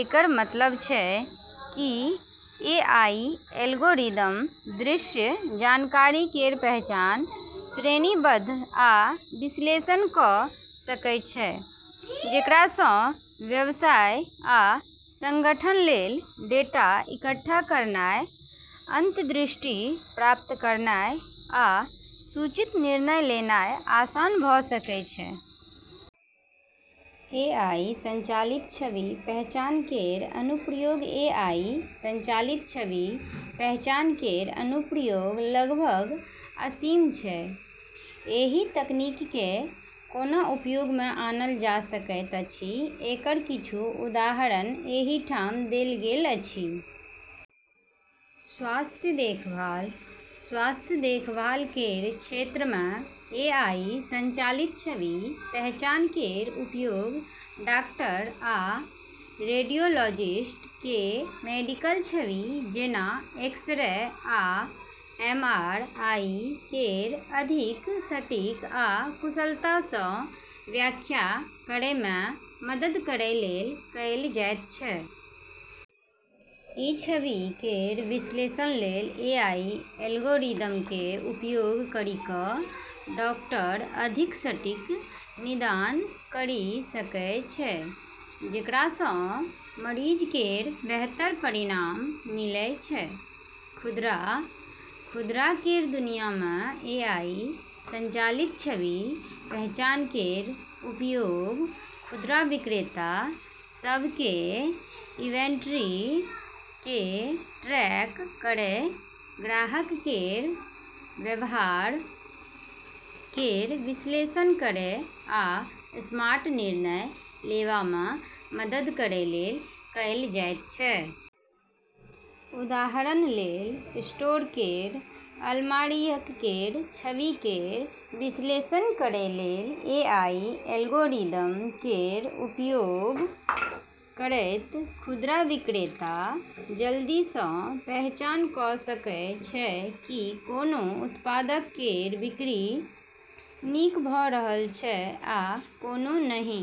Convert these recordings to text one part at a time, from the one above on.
एकर मतलब छै कि एआई एल्गोरिदम दृश्य जानकारी केर पहचान, श्रेणीबद्ध आ विश्लेषण कऽ सकै छै, जेकरा सँ व्यवसाय आ संगठन लेल डेटा इकट्ठा करनाय, अंतर्दृष्टि प्राप्त करनाय आ सूचित निर्णय लेनाय आसान भऽ सकै छै। एआई संचालित छवि पहचान केर अनुप्रयोग एआई संचालित छवि पहचान केर अनुप्रयोग लगभग असीम छै। एहि तकनीक केँ कोना उपयोग मे आनल जा सकैत अछि एकर किछु उदाहरण एहि ठाम देल गेल अछि। स्वास्थ्य देखभाल: स्वास्थ्य देखभाल केर क्षेत्र मे एआई संचालित छवि पहचान केर उपयोग डॉक्टर आ रेडियोलॉजिस्ट केँ मेडिकल छवि, जेना एक्स-रे आ एमआरआई केर अधिक सटीक आ कुशलता सँ व्याख्या करै मे मदद करै लेल कएल जाइत छै। ई छवि केर विश्लेषण लेल एआई एल्गोरिदम केँ उपयोग करी कऽ डॉक्टर अधिक सटीक निदान करी सकै छै, जेकरा सँ मरीज केर बेहतर परिणाम मिलै छै। खुदरा: खुदरा केर दुनिया मे एआई संचालित छवि पहचान केर उपयोग खुदरा विक्रेता सभ केँ इन्वेंट्री केँ ट्रैक करै, ग्राहक केर व्यवहार केर विश्लेषण करै आ स्मार्ट निर्णय लेवा मे मदद करै लेल कएल जाइत छै। उदाहरण लेल स्टोर केर अलमारियक केर छवि केर विश्लेषण करै लेल एआई एल्गोरिदम केर उपयोग करैत खुदरा विक्रेता जल्दी सँ पहचान कऽ सकै छै की कोनो उत्पादक केर बिक्री नीक भऽ रहल छै आ कोनो नहि,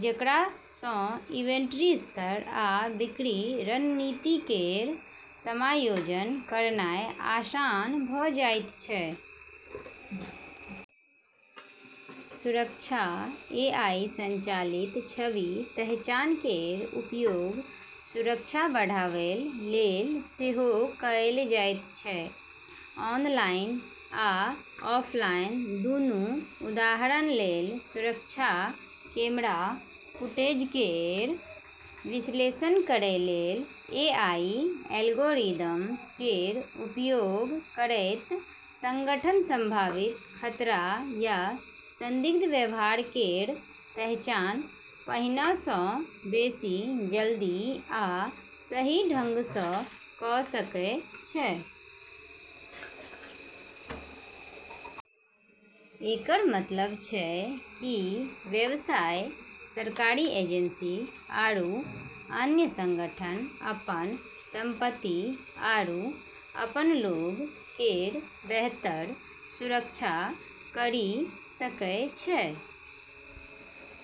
जेकरा सँ इन्वेंट्री स्तर आ बिक्री रणनीति केर समायोजन करनाय आसान भऽ जाइत छै। सुरक्षा: एआई संचालित छवि पहचान केर उपयोग सुरक्षा बढ़ावैल लेल सेहो कएल जाइत छै, ऑनलाइन आ ऑफलाइन दूनू। उदाहरण लेल सुरक्षा कैमरा फुटेज केर विश्लेषण करै लेल एआई एल्गोरिदम केर उपयोग करैत, संगठन संभावित खतरा या संदिग्ध व्यवहार केर पहचान पहिने सँ बेसि जल्दी आ सही ढंग सँ कऽ सकै छै। एकर मतलब छै कि व्यवसाय, सरकारी एजेंसी, आरू अन्य संगठन अपन संपत्ति आरू अपन लोग केर बेहतर सुरक्षा करी सकै छै।